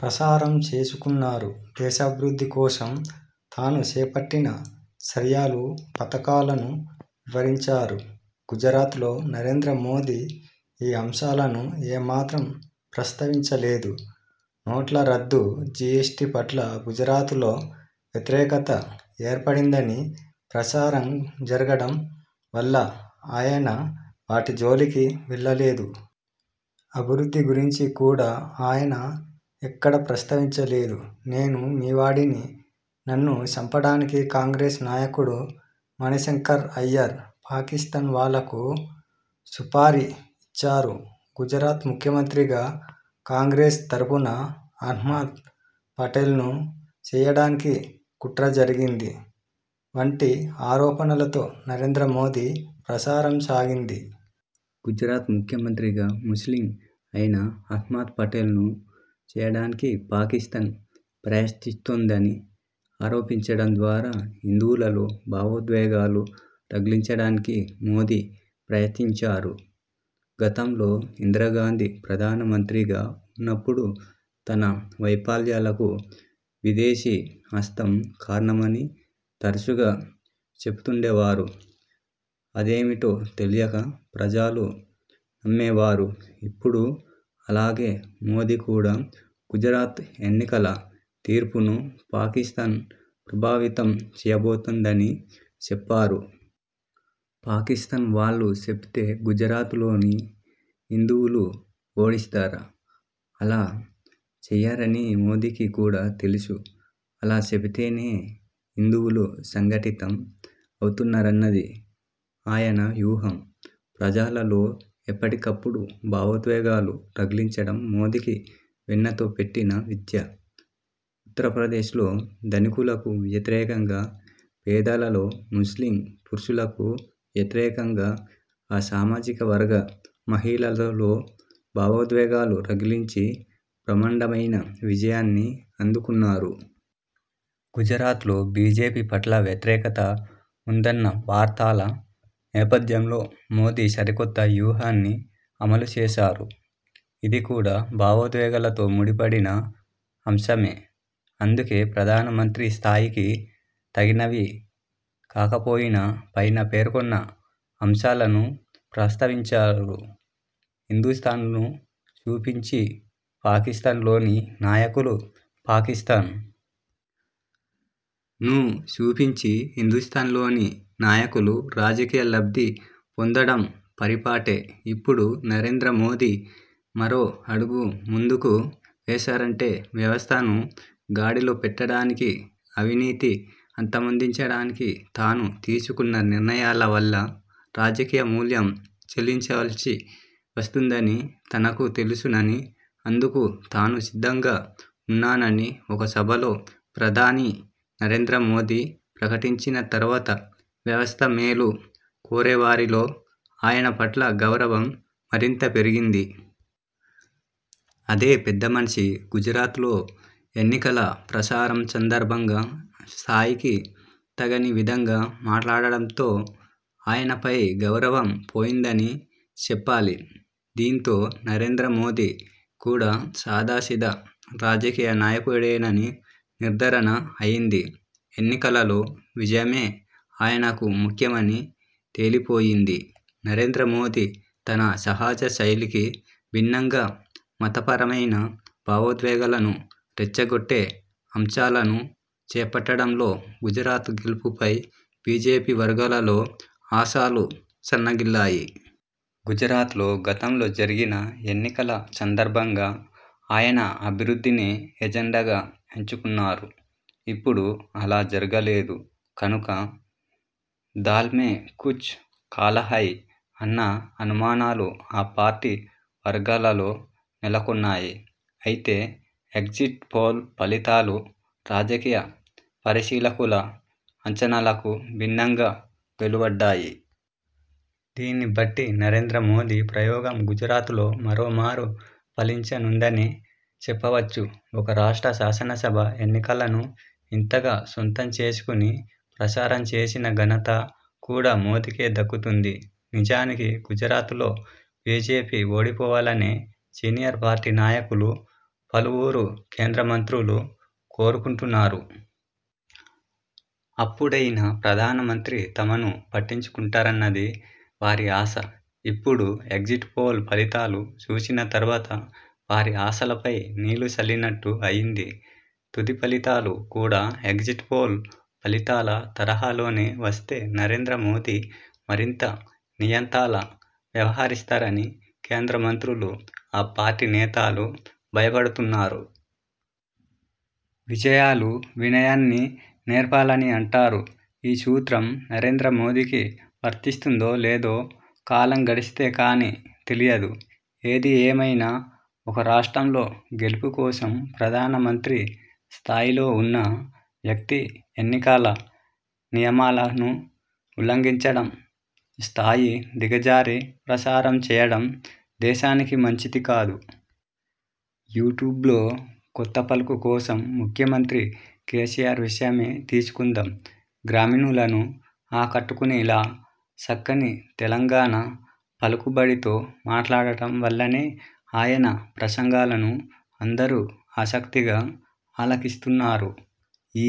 ప్రచారం చేసుకున్నారు. దేశాభివృద్ధి కోసం తాను చేపట్టిన చర్యలు, పథకాలను వివరించారు. గుజరాత్ లో నరేంద్ర మోదీ ఈ అంశాలను ఏ మాత్రం ప్రస్తావించలేదు. నోట్ల రద్దు, జీఎస్టీ పట్ల గుజరాత్ లో వ్యతిరేకత ఏర్పడిందని ప్రచారం జరగడం వల్ల ఆయన వాటి జోలికి వెళ్లలేదు. అభివృద్ధి గురించి కూడా ఆయన ఎక్కడా ప్రస్తావించలేదు. 'నేను మీ వాడిని. నన్ను చంపడానికి కాంగ్రెస్ నాయకుడు మణిశంకర్ అయ్యర్ పాకిస్తాన్ వాళ్లకు సుపారీ ఇచ్చారు. గుజరాత్ ముఖ్యమంత్రిగా కాంగ్రెస్ తరఫున అహ్మద్ పటేల్ ను చేయడానికి కుట్ర జరిగింది' వంటి ఆరోపణలతో నరేంద్ర మోదీ ప్రచారం సాగింది. గుజరాత్ ముఖ్యమంత్రిగా ముస్లిం అయిన అహ్మద్ పటేల్ ను చేయడానికి పాకిస్తాన్ ప్రయత్నిస్తోందని ఆరోపించడం ద్వారా హిందువులలో భావోద్వేగాలు రగిలించడానికి మోదీ ప్రయత్నించారు. గతంలో ఇందిరాగాంధీ ప్రధానమంత్రిగా ఉన్నప్పుడు తన వైఫల్యాలకు విదేశీ హస్తం కారణమని తరచుగా చెబుతుండేవారు. అదేమిటో తెలియక ప్రజలు నమ్మేవారు. ఇప్పుడు అలాగే మోదీ కూడా గుజరాత్ ఎన్నికల తీర్పును పాకిస్తాన్ ప్రభావితం చేయబోతోందని చెప్పారు. పాకిస్తాన్ వాళ్లు చెబితే గుజరాత్ లోని హిందువులు ఓటేస్తారా? అలా వేయరని మోదీకి కూడా తెలుసు. అలా చెబితేనే హిందువులు సంఘటితం అవుతారన్నది ఆయన వ్యూహం. ప్రజలలో ఎప్పటికప్పుడు భావోద్వేగాలు రగిలించడం మోదీకి వెన్నతో పెట్టిన విద్య. ఉత్తరప్రదేశ్లో ధనికులకు వ్యతిరేకంగా పేదలలో, ముస్లిం పురుషులకు వ్యతిరేకంగా ఆ సామాజికవర్గ మహిళలలో భావోద్వేగాలు రగిలించి బ్రహ్మాండమైన విజయాన్ని అందుకున్నారు. గుజరాత్ లో బీజేపీ పట్ల వ్యతిరేకత ఉందన్న వార్తల నేపథ్యంలో మోదీ సరికొత్త వ్యూహాన్ని అమలుచేశారు. ఇది కూడా భావోద్వేగాలతో ముడిపడిన అంశమే అందుకే ప్రధానమంత్రి స్థాయికి తగినవి కాకపోయినా పైన పేర్కొన్న అంశాలను ప్రస్తావించారు. హిందుస్తాన్ ను చూపించి పాకిస్తాన్ లోని నాయకులు, పాకిస్తాన్ ను చూపించి హిందుస్తాన్ లోని నాయకులు రాజకీయ లబ్ధి పొందడం పరిపాటే ఇప్పుడు నరేంద్ర మోదీ మరో అడుగు ముందుకు వేశారంతే, వ్యవస్థను గాడిలో పెట్టడానికి, అవినీతిని అంతమొందించడానికి తాను తీసుకున్న నిర్ణయాల వల్ల రాజకీయ మూల్యం చెల్లించవలసి వస్తుందని తనకు తెలుసునని, అందుకు తాను సిద్ధంగా ఉన్నానని ఒక సభలో ప్రధాని నరేంద్ర మోదీ ప్రకటించిన తర్వాత వ్యవస్థ మేలు కోరేవారిలో ఆయన పట్ల గౌరవం మరింత పెరిగింది. అదే పెద్దమనిషి గుజరాత్ ఎన్నికల ప్రచారం సందర్భంగా స్థాయికి తగని విధంగా మాట్లాడటంతో ఆయనపై గౌరవం పోయిందని చెప్పాలి. దీంతో నరేంద్ర మోదీ కూడా సాదాసీదా రాజకీయ నాయకుడేనని నిర్ధారణ అయ్యింది. ఎన్నికలలో విజయమే ఆయనకు ముఖ్యమని తేలిపోయింది. నరేంద్ర మోదీ తన సహజ శైలికి భిన్నంగా మతపరమైన భావోద్వేగాలను రెచ్చగొట్టే అంశాలను చేపట్టడంతో గుజరాత్ గెలుపుపై బీజేపీ వర్గాలలో ఆశలు సన్నగిల్లాయి. గుజరాత్ లో గతంలో జరిగిన ఎన్నికల సందర్భంగా ఆయన అభివృద్ధినే ఎజెండాగా ఎంచుకున్నారు. ఇప్పుడు అలా జరగలేదు కనుక 'దాల్ మే కుచ్ కాలా హై' అన్న అనుమానాలు ఆ పార్టీ వర్గాలలో నెలకొన్నాయి. అయితే ఎగ్జిట్ పోల్ ఫలితాలు రాజకీయ పరిశీలకుల అంచనాలకు భిన్నంగా వెలువడ్డాయి. దీన్నిబట్టి నరేంద్ర మోదీ ప్రయోగం గుజరాత్ లో మరోమారు ఫలించనుందనే చెప్పవచ్చు. ఒక రాష్ట్ర శాసనసభ ఎన్నికలను ఇంతగా సొంతం చేసుకుని ప్రచారం చేసిన ఘనత కూడా మోదీకే దక్కుతుంది. నిజానికి గుజరాత్లో బీజేపీ ఓడిపోవాలనే సీనియర్ పార్టీ నాయకులు, పలువురు కేంద్ర మంత్రులు కోరుకుంటున్నారు. అప్పుడైనా ప్రధానమంత్రి తమను పట్టించుకుంటారన్నది వారి ఆశ! ఇప్పుడు ఎగ్జిట్ పోల్ ఫలితాలు చూసిన తర్వాత వారి ఆశలపై నీళ్లు చల్లినట్టు అయ్యింది. తుది ఫలితాలు కూడా ఎగ్జిట్ పోల్ ఫలితాల తరహాలోనే వస్తే నరేంద్ర మోదీ మరింత నియంతలా వ్యవహరిస్తారని కేంద్ర మంత్రులు, ఆ పార్టీ నేతలు భయపడుతున్నారు. విజయాలు వినయాన్ని నేర్పాలని అంటారు. ఈ సూత్రం నరేంద్ర మోదీకి వర్తిస్తుందో లేదో కాలం గడిస్తే కానీ తెలియదు. ఏదిఏమైనా ఒక రాష్ట్రంలో గెలుపు కోసం ప్రధానమంత్రి స్థానంలో ఉన్న వ్యక్తి ఎన్నికల నియమాలను ఉల్లంఘించడం, స్థాయి దిగజారి ప్రచారం చేయడం దేశానికి మంచిది కాదు! యూట్యూబ్లో 'కొత్త పలుకు' కోసం ముఖ్యమంత్రి కేసీఆర్ విషయమే తీసుకుందాం! గ్రామీణులను ఆకట్టుకునేలా చక్కని తెలంగాణ పలుకుబడితో మాట్లాడటం వల్లనే ఆయన ప్రసంగాలను అందరూ ఆసక్తిగా ఆలకిస్తున్నారు. ఈ